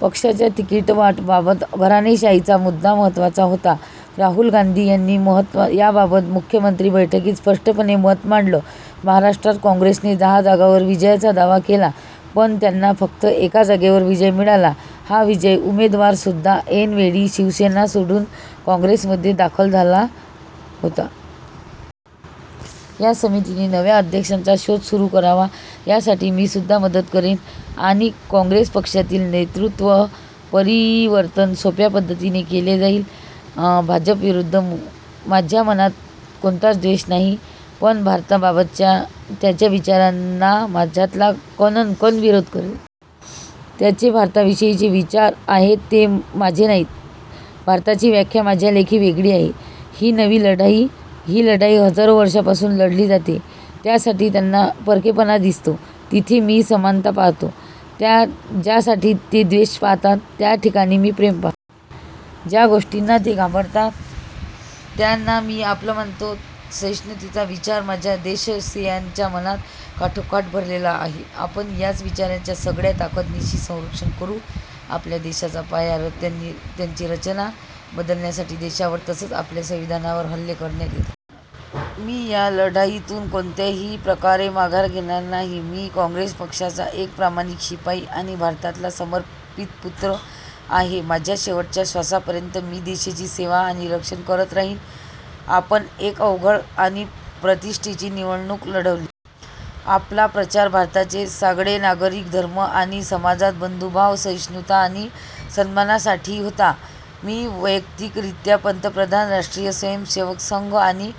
पक्षाच्या तिकीटवाटपात घराणेशाहीचा मुद्दा महत्त्वाचा होता. राहुल गांधी यांनी याबाबत मुख्यमंत्री बैठकीत स्पष्टपणे मत मांडलं. महाराष्ट्रात काँग्रेसने दहा जागांवर विजयाचा दावा केला होता. पण त्यांना फक्त एका जागेवर विजय मिळाला. हा विजयी उमेदवारसुद्धा ऐनवेळी शिवसेना सोडून काँग्रेसमध्ये दाखल झाला होता. या समितीने नव्या अध्यक्षांचा शोध सुरू करावा. यासाठी मीसुद्धा मदत करेन आणि काँग्रेस पक्षातील नेतृत्व परिवर्तन सोप्या पद्धतीने केले जाईल. भाजपविरुद्ध माझ्या मनात कोणताच द्वेष नाही, पण भारताबाबतच्या त्यांच्या विचारांना माझ्यातला कण न कण विरोध करेल. त्यांचे भारताविषयीचे विचार आहेत ते माझे नाहीत. भारताची व्याख्या माझ्यालेखी वेगळी आहे. ही नवी लढाई, ही लढाई हजारो वर्षांपासून लढली जातेय. त्यासाठी त्यांना परकेपणा दिसतो तिथे मी समानता पाहतो. ज्यासाठी ते द्वेष पाहतात, त्याठिकाणी मी प्रेम पाहतो. ज्या गोष्टींना ते घाबरतात, त्यांना मी आपलं मानतो. सहिष्णुतेचा विचार माझ्या देशवासीयांच्या मनात काठोकाठ भरलेला आहे. आपण याच विचारांचं सगळ्या ताकदीनिशी संरक्षण करू. आपल्या देशाचा पाया, त्याची रचना बदलण्यासाठी देशावर तसंच आपल्या संविधानावर हल्ले करण्यात येत. मी या लढाईतून कोणत्याही प्रकारे माघार घेणार नाही. मी काँग्रेस पक्षाचा एक प्रामाणिक शिपाई आणि भारताला समर्पित पुत्र आहे. माझ्या शेवटच्या श्वासापर्यंत मी देशाची सेवा आणि रक्षण करत राहीन. आपण एक अवघड आणि प्रतिष्ठेची निवडणूक लढवली. आपला प्रचार भारताचे सगळे नागरिक, धर्म आणि समाजांच्या बंधुभाव, सहिष्णुता आणि सन्मानासाठी होता. मी वैयक्तिकरित्या पंतप्रधान, राष्ट्रीय स्वयंसेवक संघ आणि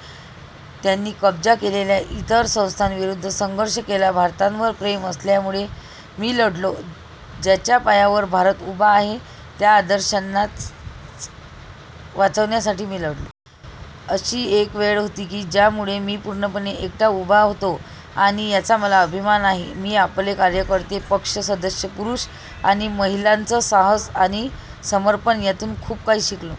त्यांनी कब्जा केलेल्या इतर संस्थांविरुद्ध संघर्ष केला. भारतावर प्रेम असल्यामुळे मी लढलो. ज्यांच्या पायावर भारत उभा आहे, त्या आदर्शांना वाचवण्यासाठी मी लढलो. एक अशी वेळ होती ज्यावेळी मी पूर्णपणे एकटा उभा होतो आणि याचा मला अभिमान आहे. मी आपले कार्यकर्ते, पक्ष सदस्य, पुरूष आणि महिलांचं साहस आणि समर्पण यातून खूप काही शिकलो.